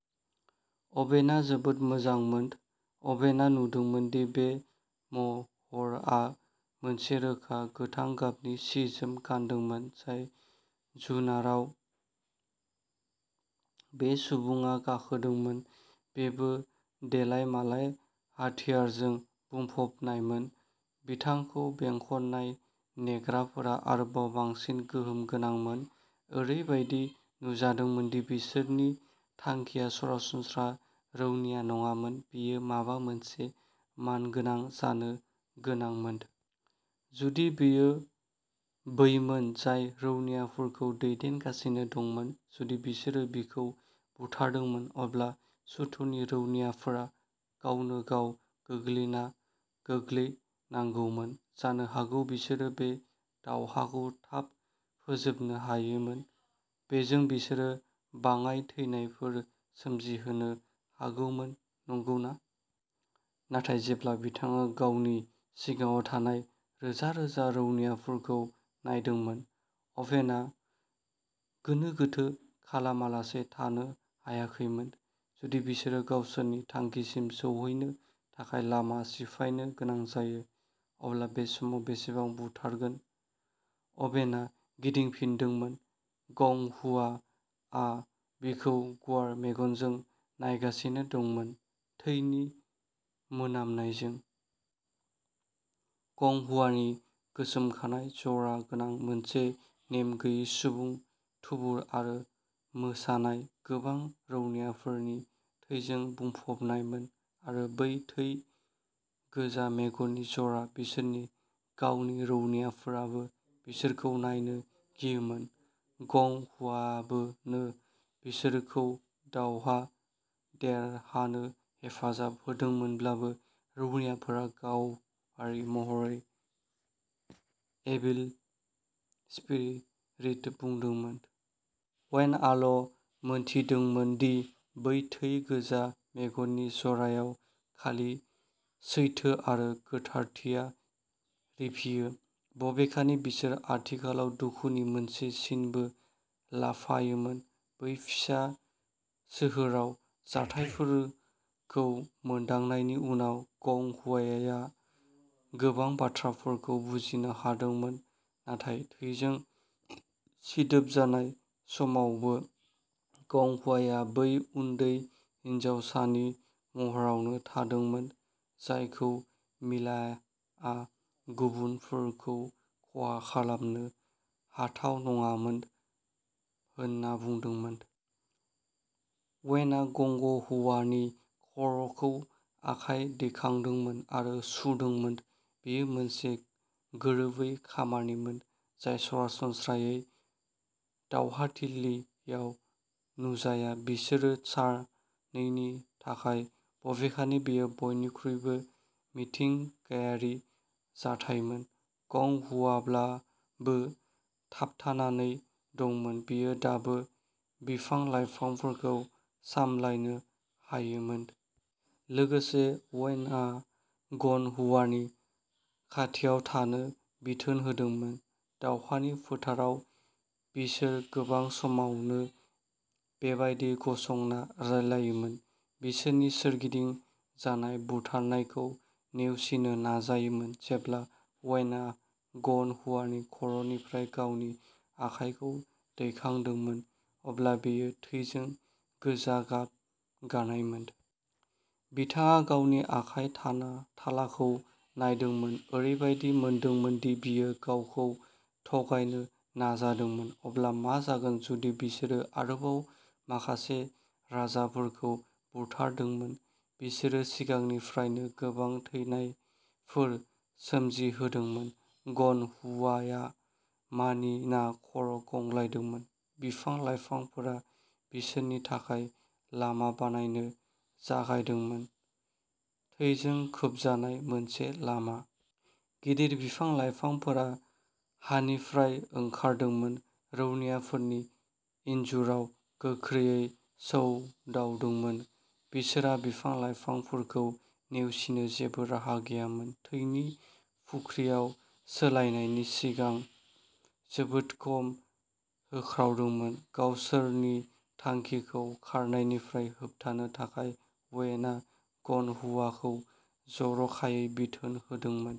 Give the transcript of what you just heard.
अभेनआ जोबोद मोजांमोन, अभेनआ नुदोंमोन दि बे महरआ मोनसे रोखा, गोथां गाबनि सि-जोम गानदोंमोन। जाय जुनाराव बे सुबुङा गाखोदोंमोन, बेबो देलाय मालाय हाथियारजों बुंफबनायमोन। बिथांखौ बेंखननाय नेग्राफोरा आरोबाव बांसिन गोहोम गोनांमोन। ओरैबायदि नुजादोंमोन दि बिसोरनि थांखिया सरासनस्रा रौनिया नङामोन| बियो माबा मोनसे मानगोनां जानो गोनांमोन। जुदि बियो बैमोन जाय रौनियाफोरखौ दैदेनगासिनो दंमोन, जुदि बिसोरो बिखौ बुथारदोंमोन, अब्ला सुथुरनि रौनियाफोरा गावनो गाव गोग्लैना गोग्लैनांगौमोन। जानो हागौ बिसोरो बे दावहाखौ थाब फोजोबनो हायोमोन। बेजों, बिसोरो बाङाइ थैनायफोर सोमजिहोनो हागौमोन, नंगौना? नाथाय जेब्ला बिथाङा गावनि सिगाङाव थानाय रोजा-रोजा रौनियाफोरखौ नायदोंमोन, अभेनआ गोनो गोथो खालामालासे थानो हायाखैमोन। जुदि बिसोरो गावसोरनि थांखिसिम सौहैनो थाखाय लामा सिफायनो गोनां जायो, अब्ला बे समाव बेसेबां बुथारगोन? अभेनआ गिदिंफिनदोंमोन। गं हुआ आ बिखौ गुवार मेगनजों नायगासिनो दंमोन, थैनि मोनामनायजों। गं हुआनि गोसोम खानाइ, जरा गोनां। मोनसे नेम गैयै सुबुं थुबुर आरो मोसानाय, गोबां रौनियाफोरनि थैजों बुंफबनायमोन। आरो बै थै गोजा मेगननि जरा; बिसोरनि गावनि रौनियाफोराबो बिसोरखौ नायनो गियोमोन। गं हुआआनो बिसोरखौ दावहा देरहानो हेफाजाब होदोंमोनब्लाबो, रौनियाफोरा गावारि महरै एविल स्पिरिट बुंदोंमोन। अवेनआल' मोनथियोमोन दि बै थै गोजा मेगननि जरायाव खालि सैथो आरो गोथारथिया रिफियो, बबेखानि बिसोर आथिखालाव दुखुनि मोनसे सिनबो लाफायोमोन। बै फिसा सोहोराव जाथायफोरखौ मोनदांनायनि उनाव, गं हुआआ गोबां बाथ्राफोरखौ बुजिनो हादोंमोन। नाथाय थैजों सिदोब जानाय समावबो, गं हुआआ बै उन्दै हिनजावसानि महरावनो थादोंमोन जायखौ मिलाआ गुबुनफोरखौ खहा खालामनो हाथाव नङामोन होन्ना बुंदोंमोन। अवेनआ गंग हुआनि खर'खौ आखाय दिखांदोंमोन आरो सुदोंमोन। बेयो मोनसे गोरोबै खामानिमोन, जाय सरासनस्रायै दावहाथिलियाव नुजाया। बिसोर सानैनि थाखाय, बबेखानि, बेयो बयनिख्रुइबो मिथिंगायारि जाथायमोन। गं हुआब्लाबो। थाबथानानै दंमोन, बियो दाबो बिफां-लाइफांफोरखौ सामलायनो हायोमोन। लोगोसे, अवेनआ ग'न हुआनि खाथियाव थानो बिथोन होदोंमोन। दावहानि फोथाराव, बिसोर गोबां समावनो बेबायदि गसंना रायज्लायोमोन, बिसोरनि सोरगिदिं जानाय बुथारनायखौ नेवसिनो नाजायोमोन। जेब्ला अवेनआ ग'न हुआनि खर'निफ्राय गावनि आखायखौ दैखांदोंमोन, अब्ला बेयो थैजों गोजा गाब गानायमोन। बिथाङा गावनि आखाइ थालाखौ नायदोंमोन, ओरैबायदि मोनदोंमोन दि बियो गावखौ थगायनो नाजादोंमोन। अब्ला मा जागोन जुदि बिसोरो आरोबाव माखासे राजाफोरखौ बुथारदोंमोन? बिसोरो सिगांनिफ्रायनो गोबां थैनायफोर सोमजिहोदोंमोन। ग'न हुआआ मानिना खर' गंग्लायदोंमोन। बिफां-लाइफांफोरा बिसोरनि थाखाय लामा बानायनो जागायदोंमोन, थैजों खोबजानाय मोनसे लामा। गिदिर बिफां-लाइफांफोरा हानिफ्राय ओंखारदोंमोन, रौनियाफोरनि इन्जुराव गोख्रोंयै सौदावदोंमोन। बिसोरहा बिफां-लाइफांफोरखौ नेवसिनो जेबो राहा गैयामोन, थैनि फुख्रियाव सोलायनायनि सिगां जोबोद खम होख्रावदोंमोन। गावसोरनि थांखिखौ खारनायनिफ्राय होबथानो थाखाय, अवेनआ ग'न हुआखौ जर'खायै बिथोन होदोंमोन।